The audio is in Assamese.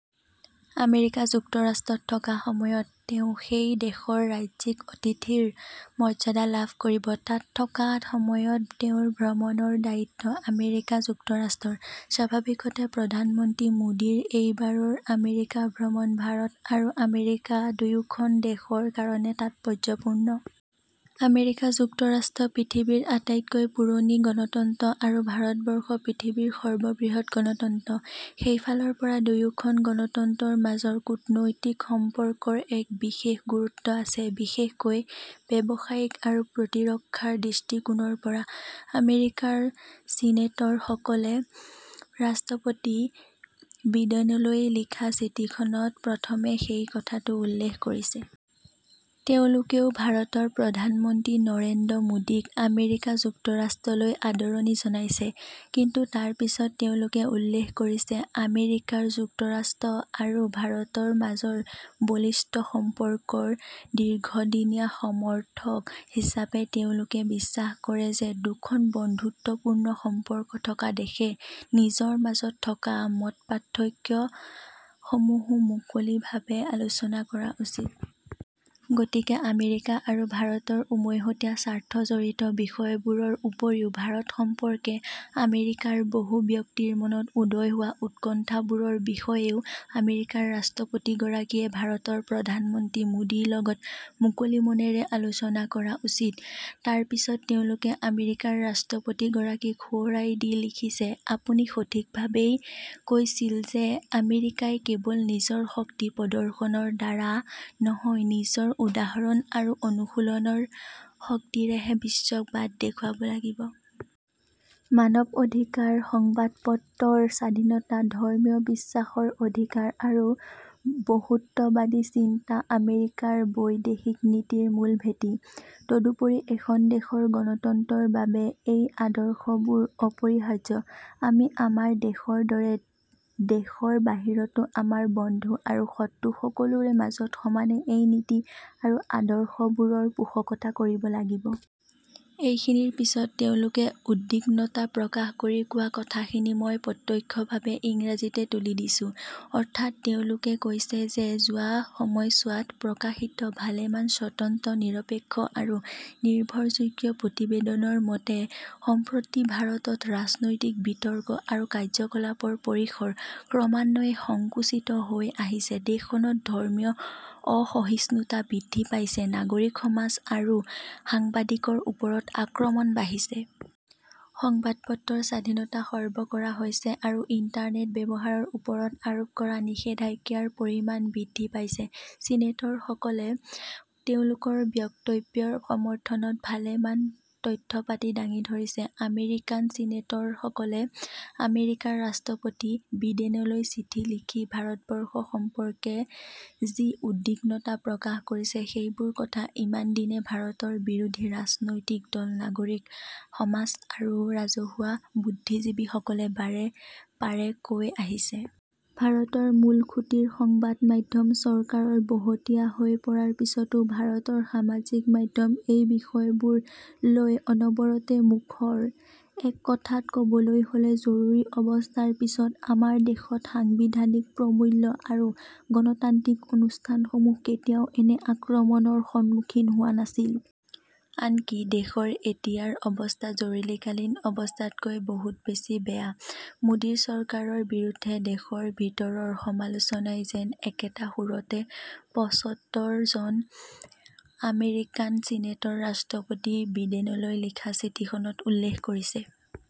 আমেৰিকা যুক্তৰাষ্ট্ৰত থকা সময়ত তেওঁ সেই দেশৰ ৰাজ্যিক অতিথিৰ মৰ্যাদা লাভ কৰিব। তাত থকা সময়ত তেওঁৰ ভ্ৰমণৰ দায়িত্ব আমেৰিকা যুক্তৰাষ্টৰ। স্বাভাৱিকতে প্ৰধানমন্ত্ৰী মোদীৰ এইবাৰৰ আমেৰিকা ভ্ৰমণ ভাৰত আৰু আমেৰিকা দুয়োখন দেশৰ কাৰণে তাৎপৰ্যপূৰ্ণ। আমেৰিকা যুক্তৰাষ্ট্ৰ পৃথিৱীৰ আটাইতকৈ পুৰণি গণতন্ত্ৰ আৰু ভাৰতবৰ্ষ পৃথিৱীৰ সৰ্ব বৃহৎ গণতন্ত্ৰ। সেইফালৰ পৰা দুয়োখন গণতন্ত্ৰৰ মাজৰ কূটনৈতিক সম্পৰ্কৰ এক বিশেষ গুৰুত্ব আছে বিশেষকৈ ব্যৱসায়িক আৰু প্ৰতিৰক্ষাৰ দৃষ্টিকোণৰ পৰা। আমেৰিকাৰ চিনেটৰ সকলে ৰাষ্ট্ৰপতি বিডেনলৈ লিখা চিঠিখনত প্ৰথমে সেই কথাটো উল্লেখ কৰিছে। তেওঁলোকেও ভাৰতৰ প্ৰধানমন্ত্ৰী নৰেন্দ্ৰ মোদীক আমেৰিকা যুক্তৰাষ্ট্ৰলৈ আদৰণি জনাইছে। কিন্তু তাৰ পিছত তেওঁলোকে উল্লেখ কৰিছে আমেৰিকাৰ যুক্তৰাষ্ট্ৰ আৰু ভাৰতৰ মাজৰ বলিষ্ঠ সম্পৰ্কৰ দীৰ্ঘদিনীয়া সমৰ্থক হিচাপে তেওঁলোকে বিশ্বাস কৰে যে দুখন বন্ধুত্বপূৰ্ণ সম্পৰ্ক থকা দেশে নিজৰ মাজত থকা মতপাৰ্থক্য সমূহো মুকলিভাৱে আলোচনা কৰা উচিত। গতিকে আমেৰিকা আৰু ভাৰতৰ উমৈহতীয়া স্বাৰ্থ জড়িত বিষয়বোৰৰ উপৰিও ভাৰত সম্পৰ্কে আমেৰিকাৰ বহু ব্যক্তিৰ মনত উদয় হোৱা উৎকন্ঠাবোৰৰ বিষয়েও আমেৰিকাৰ ৰাষ্ট্ৰপতি গৰাকীয়ে ভাৰতৰ প্ৰধানমন্ত্ৰী মোদীৰ লগত মুকলি মনেৰে আলোচনা কৰা উচিত। তাৰ পিছত তেওঁলোকে আমেৰিকাৰ ৰাষ্ট্ৰপতি গৰাকীক সোঁৱৰাই দি লিখিছে আপুনি সঠিকভাৱেই কৈছিল যে আমেৰিকাই কেৱল নিজৰ শক্তি প্ৰদৰ্শনৰ দ্বাৰা নহয় নিজৰ উদাহৰণ আৰু অনুশীলনৰ শক্তিৰেহে বিশ্বক বাট দেখুৱাব লাগিব। মানৱ অধিকাৰ সংবাদপত্ৰৰ স্বাধীনতা ধৰ্মীয় বিশ্বাসৰ অধিকাৰ আৰু বহুত্ববাদী চিন্তা আমেৰিকাৰ বৈদেশিক নীতিৰ মূল ভেটি। তদুপৰি এখন দেশৰ গণতন্ত্ৰৰ বাবে এই আদৰ্শবোৰ অপৰিহাৰ্য। আমি আমাৰ দেশৰ দৰে দেশৰ বাহিৰতো আমাৰ বন্ধু আৰু শত্ৰু সকলোৰে মাজত সমানে এই নীতি আৰু আদৰ্শবোৰৰ পোষকতা কৰিব লাগিব। এইখিনিৰ পিছত তেওঁলোকে উদ্বিগ্নতা প্ৰকাশ কৰি কোৱা কথাখিনি মই প্ৰত্যক্ষভাৱে ইংৰাজীতে তুলি দিছোঁঃ অৰ্থাৎ তেওঁলোকে কৈছে যে যোৱা সময়ছোৱাত প্ৰকাশিত ভালেমান স্বতন্ত্ৰ নিৰপেক্ষ আৰু নিৰ্ভৰযোগ্য প্ৰতিবেদনৰ মতে সম্প্ৰতি ভাৰতত ৰাজনৈতিক বিতৰ্ক আৰু কাৰ্যকলাপৰ পৰিসৰ ক্ৰমান্বয়ে সংকুচিত হৈ আহিছে দেশখনত ধৰ্মীয় অসহিষ্ণুতা বৃদ্ধি পাইছে নাগৰিক সমাজ আৰু সাংবাদিকৰ ওপৰত আক্ৰমণ বাঢ়িছে। সংবাদপত্ৰৰ স্বাধীনতা খৰ্ব কৰা হৈছে আৰু ইন্টাৰনেট ব্যৱহাৰৰ ওপৰত আৰোপ কৰা নিষেধাজ্ঞাৰ পৰিমাণ বৃদ্ধি পাইছে। চিনেটৰ সকলে তেওঁলোকৰ বক্তব্যৰ সমৰ্থনত ভালেমান তথ্যপাতি দাঙি ধৰিছে। আমেৰিকান চিনেটৰ সকলে আমেৰিকাৰ ৰাষ্ট্ৰপতি বিডেনলৈ চিঠি লিখি ভাৰতবৰ্ষ সম্পৰ্কে যি উদ্বিগ্নতা প্ৰকাশ কৰিছে সেইবোৰ কথা ইমান দিনে ভাৰতৰ বিৰোধী ৰাজনৈতিক দল নাগৰিক সমাজ আৰু ৰাজহুৱা বুদ্ধিজীৱী সকলে বাৰে পাৰে কৈ আহিছে। ভাৰতৰ মূলসূঁতিৰ সংবাদ মাধ্যম চৰকাৰৰ বহতীয়া হৈ পৰাৰ পিছতো ভাৰতৰ সামাজিক মাধ্যম এই বিষয়বোৰ লৈ অনবৰতে মুখৰ। এক কথাত কবলৈ হলে জৰুৰী অৱস্থাৰ পিছত আমাৰ দেশত সাংবিধানিক প্ৰমূল্য আৰু গণতান্ত্ৰিক অনুষ্ঠান সমূহ কেতিয়াও এনে আক্ৰমণৰ সন্মুখীন হোৱা নাছিল। আনকি দেশৰ এতিয়াৰ অৱস্থা জৰুৰীকালীন অৱস্থাতকৈ বহুত বেছি বেয়া। মোদী চৰকাৰৰ বিৰুদ্ধে দেশৰ ভিতৰৰ সমালোচনাই যেন একেটা সুৰতে পঁচত্তৰ জন আমেৰিকান চিনেটৰে ৰাষ্ট্ৰপতি বিডেনলৈ লিখা চিঠিখনত উল্লেখ কৰিছে।